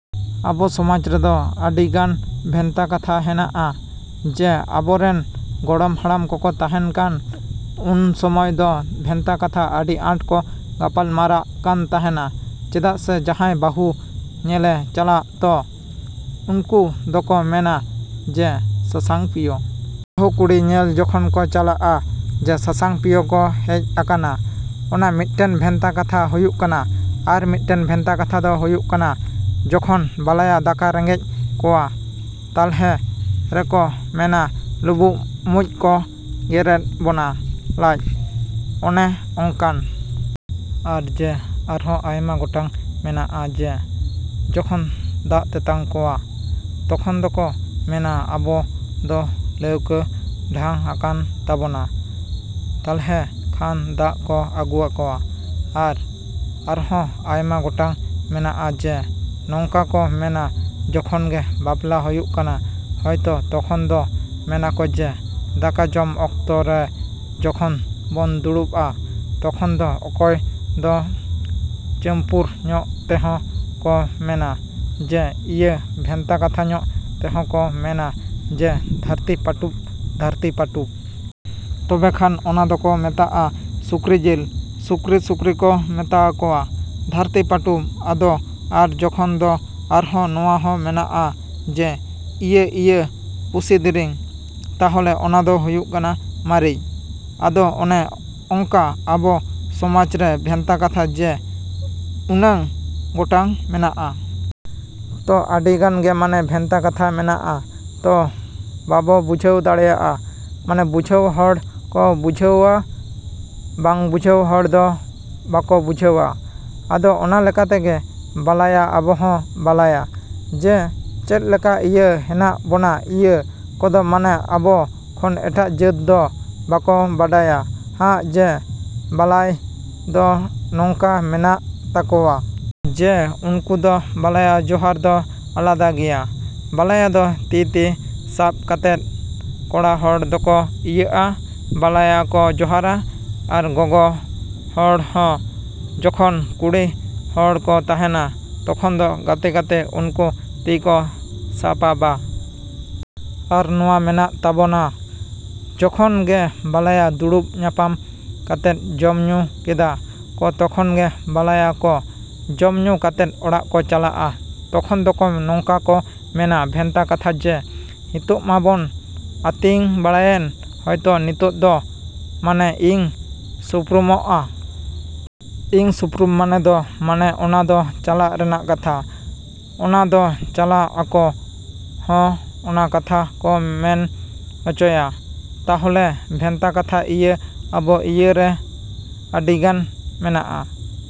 ᱟᱵᱚ ᱥᱚᱢᱟᱡᱽ ᱨᱮᱫᱚ ᱟᱹᱰᱤᱜᱟᱱ ᱵᱷᱮᱱᱛᱟ ᱠᱟᱛᱷᱟ ᱦᱮᱱᱟᱜᱼᱟ᱾ ᱡᱮ, ᱟᱵᱚᱨᱮᱱ ᱜᱚᱲᱚᱢ ᱦᱟᱲᱟᱢ ᱠᱚᱠᱚ ᱛᱟᱦᱮᱸᱠᱟᱱ ᱩᱱ ᱥᱚᱢᱚᱭ ᱫᱚ ᱵᱷᱮᱱᱛᱟ ᱠᱟᱛᱷᱟ ᱟᱹᱰᱤ ᱟᱸᱴ ᱠᱚ ᱜᱟᱯᱟᱞ ᱢᱟᱨᱟᱜ ᱠᱟᱱ ᱛᱟᱦᱮᱸᱱᱟ᱾ ᱪᱮᱫᱟᱜ ᱥᱮ ᱡᱟᱦᱟᱸᱭ ᱵᱟᱹᱦᱩ ᱧᱮᱞᱮ ᱪᱟᱞᱟᱜ ᱛᱚ, ᱩᱱᱠᱩ ᱫᱚᱠᱚ ᱢᱮᱱᱟ ᱡᱮ, ᱥᱟᱥᱟᱝ ᱯᱤᱭᱳ᱾ ᱵᱟᱹᱦᱩ ᱠᱩᱲᱤ ᱧᱮᱞ ᱡᱚᱠᱷᱚᱱ ᱠᱚ ᱪᱟᱞᱟᱜ-ᱟ ᱡᱮ ᱥᱟᱥᱟᱝ ᱯᱤᱭᱳ ᱠᱚ ᱦᱮᱡ ᱟᱠᱟᱱᱟ᱾ ᱚᱱᱟ ᱢᱤᱫᱴᱮᱱ ᱵᱷᱮᱱᱛᱟ ᱠᱟᱛᱷᱟ ᱦᱩᱭᱩᱜ ᱠᱟᱱᱟ᱾ ᱟᱨ ᱢᱤᱫᱴᱮᱱ ᱵᱷᱮᱱᱛᱟ ᱠᱟᱛᱷᱟ ᱫᱚ ᱦᱩᱭᱩᱜ ᱠᱟᱱᱟ ᱡᱚᱠᱷᱚᱱ ᱵᱟᱞᱟᱭᱟ ᱫᱟᱠᱟ ᱨᱮᱸᱜᱮᱡ ᱠᱚᱣᱟ ᱛᱟᱞᱦᱮ ᱨᱮᱠᱚ ᱢᱮᱱᱟ ᱞᱩᱵᱩᱜ ᱢᱩᱡᱽ ᱠᱚ ᱜᱮᱨᱮᱫ ᱵᱚᱱᱟ ᱞᱟᱡ, ᱚᱱᱮ ᱚᱝᱠᱟᱱ᱾ ᱟᱨ ᱡᱮ, ᱟᱨᱦᱚᱸ ᱟᱭᱢᱟ ᱜᱚᱴᱟᱝ ᱢᱮᱱᱟᱜ-ᱟ ᱡᱮ, ᱡᱚᱠᱷᱚᱱ ᱫᱟᱜ ᱛᱮᱛᱟᱝ ᱠᱚᱣᱟ, ᱛᱚᱠᱷᱚᱱ ᱫᱚᱠᱚ ᱢᱮᱱᱟ ᱟᱵᱚ ᱫᱚ ᱞᱟᱹᱣᱠᱟᱹ ᱰᱷᱟᱝ ᱟᱠᱟᱱ ᱛᱟᱵᱚᱱᱟ᱾ ᱛᱟᱞᱦᱮ ᱠᱷᱟᱱ ᱫᱟᱜ ᱠᱚ ᱟᱹᱜᱩᱣᱟᱠᱚᱣᱟ᱾ ᱟᱨ, ᱟᱨᱦᱚᱸ ᱟᱭᱢᱟ ᱜᱚᱴᱟᱝ ᱢᱮᱱᱟᱜ-ᱟ ᱡᱮ, ᱱᱚᱝᱠᱟ ᱠᱚ ᱢᱮᱱᱟ ᱡᱚᱠᱷᱚᱱ ᱜᱮ ᱵᱟᱯᱞᱟ ᱦᱩᱭᱩᱜ ᱠᱟᱱᱟ ᱦᱚᱭᱛᱚ ᱛᱚᱠᱷᱚᱱ ᱫᱚ ᱢᱮᱱᱟᱠᱚ ᱡᱮ, ᱫᱟᱠᱟ ᱡᱚᱢ ᱚᱠᱛᱚ ᱨᱮ ᱡᱚᱠᱷᱚᱱ ᱵᱚᱱ ᱫᱩᱲᱩᱵᱚᱜ-ᱟ ᱛᱚᱠᱷᱚᱱ ᱫᱚ ᱚᱠᱚᱭ ᱫᱚ ᱪᱟᱹᱢᱯᱩᱨ ᱧᱚᱜ ᱛᱮᱦᱚᱸ ᱠᱚ ᱢᱮᱱᱟ ᱡᱮ, ᱤᱭᱟᱹ ᱵᱷᱮᱱᱛᱟ ᱠᱟᱛᱷᱟ ᱧᱚᱜ ᱛᱮᱦᱚᱸ ᱠᱚ ᱢᱮᱱᱟ ᱡᱮ, ᱫᱷᱟᱹᱨᱛᱤ ᱯᱟᱹᱴᱩᱵ, ᱫᱷᱟᱹᱨᱛᱤ ᱯᱟᱹᱴᱩᱵ᱾ ᱛᱚᱵᱮ ᱠᱷᱟᱱ ᱚᱱᱟ ᱫᱚᱠᱚ ᱢᱮᱛᱟᱜ-ᱟ ᱥᱩᱠᱨᱤ ᱡᱤᱞ, ᱥᱩᱠᱨᱤ, ᱥᱩᱠᱨᱤ ᱠᱚ ᱢᱮᱛᱟᱣᱟᱠᱚᱣᱟ ᱫᱷᱟᱹᱨᱛᱤ ᱯᱟᱹᱴᱩᱵ ᱟᱫᱚ ᱟᱨ ᱡᱚᱠᱷᱚᱱ ᱫᱚ ᱟᱨᱦᱚᱸ ᱱᱚᱣᱟ ᱦᱚᱸ ᱢᱮᱱᱟᱜ-ᱟ ᱡᱮ, ᱤᱭᱟᱹ ᱤᱭᱟᱹ ᱯᱩᱥᱤ ᱫᱤᱨᱤᱧ, ᱛᱟᱦᱚᱞᱮ ᱚᱱᱟ ᱫᱚ ᱦᱩᱭᱩᱜ ᱠᱟᱱᱟ ᱢᱟᱹᱨᱤᱪ᱾ ᱟᱫᱚ ᱚᱱᱮ ᱚᱝᱠᱟ ᱟᱵᱚ ᱥᱚᱢᱟᱡᱽ ᱨᱮ ᱵᱷᱮᱱᱛᱟ ᱠᱟᱛᱷᱟ ᱡᱮ, ᱱᱩᱱᱟᱹᱝ ᱜᱚᱴᱟᱝ ᱢᱮᱱᱟᱜ-ᱟ᱾ ᱛᱚ, ᱟᱹᱰᱤ ᱜᱮ ᱢᱟᱱᱮ ᱵᱷᱮᱱᱛᱟ ᱠᱟᱛᱷᱟ ᱢᱮᱱᱟᱜ-ᱟ, ᱛᱚ ᱵᱟᱵᱚ ᱵᱩᱡᱷᱟᱹᱣ ᱫᱟᱲᱮᱭᱟᱜ-ᱟ ᱢᱟᱱᱮ ᱵᱩᱡᱷᱟᱹᱣ ᱦᱚᱲ ᱠᱚ ᱵᱩᱡᱷᱟᱹᱣᱟ, ᱵᱟᱝ ᱵᱩᱡᱷᱟᱹᱣ ᱦᱚᱲ ᱫᱚ ᱵᱟᱠᱚ ᱵᱩᱡᱷᱟᱹᱣᱟ᱾ ᱟᱫᱚ ᱚᱱᱟ ᱞᱮᱠᱟ ᱛᱮᱜᱮ ᱵᱟᱞᱟᱭᱟ ᱟᱵᱚ ᱦᱚᱸ ᱵᱟᱞᱟᱭᱟ ᱡᱮ, ᱪᱮᱫᱞᱮᱠᱟ ᱤᱭᱟᱹ ᱦᱮᱱᱟᱜ ᱵᱚᱱᱟ ᱱᱤᱭᱟᱹ ᱠᱚᱫᱚ ᱢᱟᱱᱮ ᱟᱵᱚ ᱠᱷᱚᱱ ᱮᱴᱟᱜ ᱡᱟᱹᱛ ᱫᱚ ᱵᱟᱠᱚ ᱵᱟᱰᱟᱭᱟ ᱦᱟᱸᱜ ᱡᱮ, ᱵᱟᱞᱟᱭ ᱫᱚ ᱱᱚᱝᱠᱟ ᱢᱮᱱᱟᱜ ᱛᱟᱠᱚᱣᱟ᱾ ᱡᱮ, ᱩᱱᱠᱩ ᱫᱚ ᱵᱟᱞᱟᱭᱟ ᱡᱚᱦᱟᱨ ᱫᱚ ᱟᱞᱟᱫᱟ ᱜᱮᱭᱟ᱾ ᱵᱟᱞᱟᱭᱟ ᱫᱚ ᱛᱤ ᱛᱤ ᱥᱟᱯᱟᱵ ᱠᱟᱛᱮᱫ ᱠᱚᱲᱟ ᱦᱚᱲ ᱫᱚᱠᱚ ᱤᱭᱟᱹᱜ-ᱟ, ᱵᱟᱞᱟᱭᱟ ᱠᱚ ᱡᱚᱦᱟᱨᱟ᱾ ᱟᱨ ᱜᱚᱜᱚ ᱦᱚᱲ ᱦᱚᱸ ᱡᱚᱠᱷᱚᱱ ᱠᱩᱲᱤ ᱦᱚᱲ ᱠᱚ ᱛᱮᱦᱮᱱᱟ, ᱛᱚᱠᱷᱚᱱ ᱫᱚ ᱜᱟᱛᱮ ᱜᱟᱛᱮ ᱩᱱᱠᱩ ᱛᱤᱠᱚ ᱥᱟᱯᱟᱵᱟ᱾ ᱟᱨ ᱱᱚᱣᱟ ᱢᱮᱱᱟᱜ ᱛᱟᱵᱚᱱᱟ ᱡᱚᱠᱷᱚᱱ ᱜᱮ ᱵᱟᱞᱟᱭᱟ ᱫᱩᱲᱩᱵ ᱧᱟᱯᱟᱢ ᱠᱟᱛᱮᱫ ᱡᱚᱢ ᱧᱩ ᱠᱮᱫᱟ ᱠᱚ ᱛᱚᱠᱷᱚᱱ ᱜᱮ ᱵᱟᱞᱟᱭᱟ ᱠᱚ, ᱡᱚᱢ ᱧᱩ ᱠᱟᱛᱮᱫ ᱚᱲᱟᱜ ᱠᱚ ᱪᱟᱞᱟᱜ-ᱟ ᱛᱚᱠᱷᱚᱱ ᱫᱚᱠᱚ ᱱᱚᱝᱠᱟ ᱠᱚ ᱢᱮᱱᱟ ᱵᱷᱮᱱᱛᱟ ᱠᱟᱛᱷᱟ ᱡᱮ, ᱱᱤᱛᱚᱜ ᱢᱟᱵᱚᱱ ᱟᱹᱛᱤᱧ ᱵᱟᱲᱟᱭᱮᱱ ᱦᱚᱭᱛᱚ, ᱱᱤᱛᱚᱜ ᱫᱚ ᱢᱟᱱᱮ ᱤᱞ ᱥᱩᱯᱨᱩᱢᱚᱜ-ᱟ᱾ ᱤᱞ ᱥᱩᱯᱨᱩᱢ ᱢᱟᱱᱮ ᱫᱚ, ᱢᱟᱱᱮ ᱚᱱᱟ ᱫᱚ ᱪᱟᱞᱟᱜ ᱨᱮᱱᱟᱜ ᱠᱟᱛᱷᱟ᱾ ᱚᱱᱟ ᱫᱚ ᱪᱟᱞᱟᱜ ᱟᱠᱚ ᱦᱚᱸ ᱚᱱᱟ ᱠᱟᱛᱷᱟ ᱠᱚ ᱢᱮᱱ ᱚᱪᱚᱭᱟ᱾ ᱛᱟᱦᱚᱞᱮ ᱵᱷᱮᱱᱛᱟ ᱠᱟᱛᱷᱟ ᱱᱤᱭᱟᱹ ᱟᱵᱚ ᱤᱭᱟᱹ ᱨᱮ ᱟᱹᱰᱤᱜᱟᱱ ᱢᱮᱱᱟᱜ-ᱟ।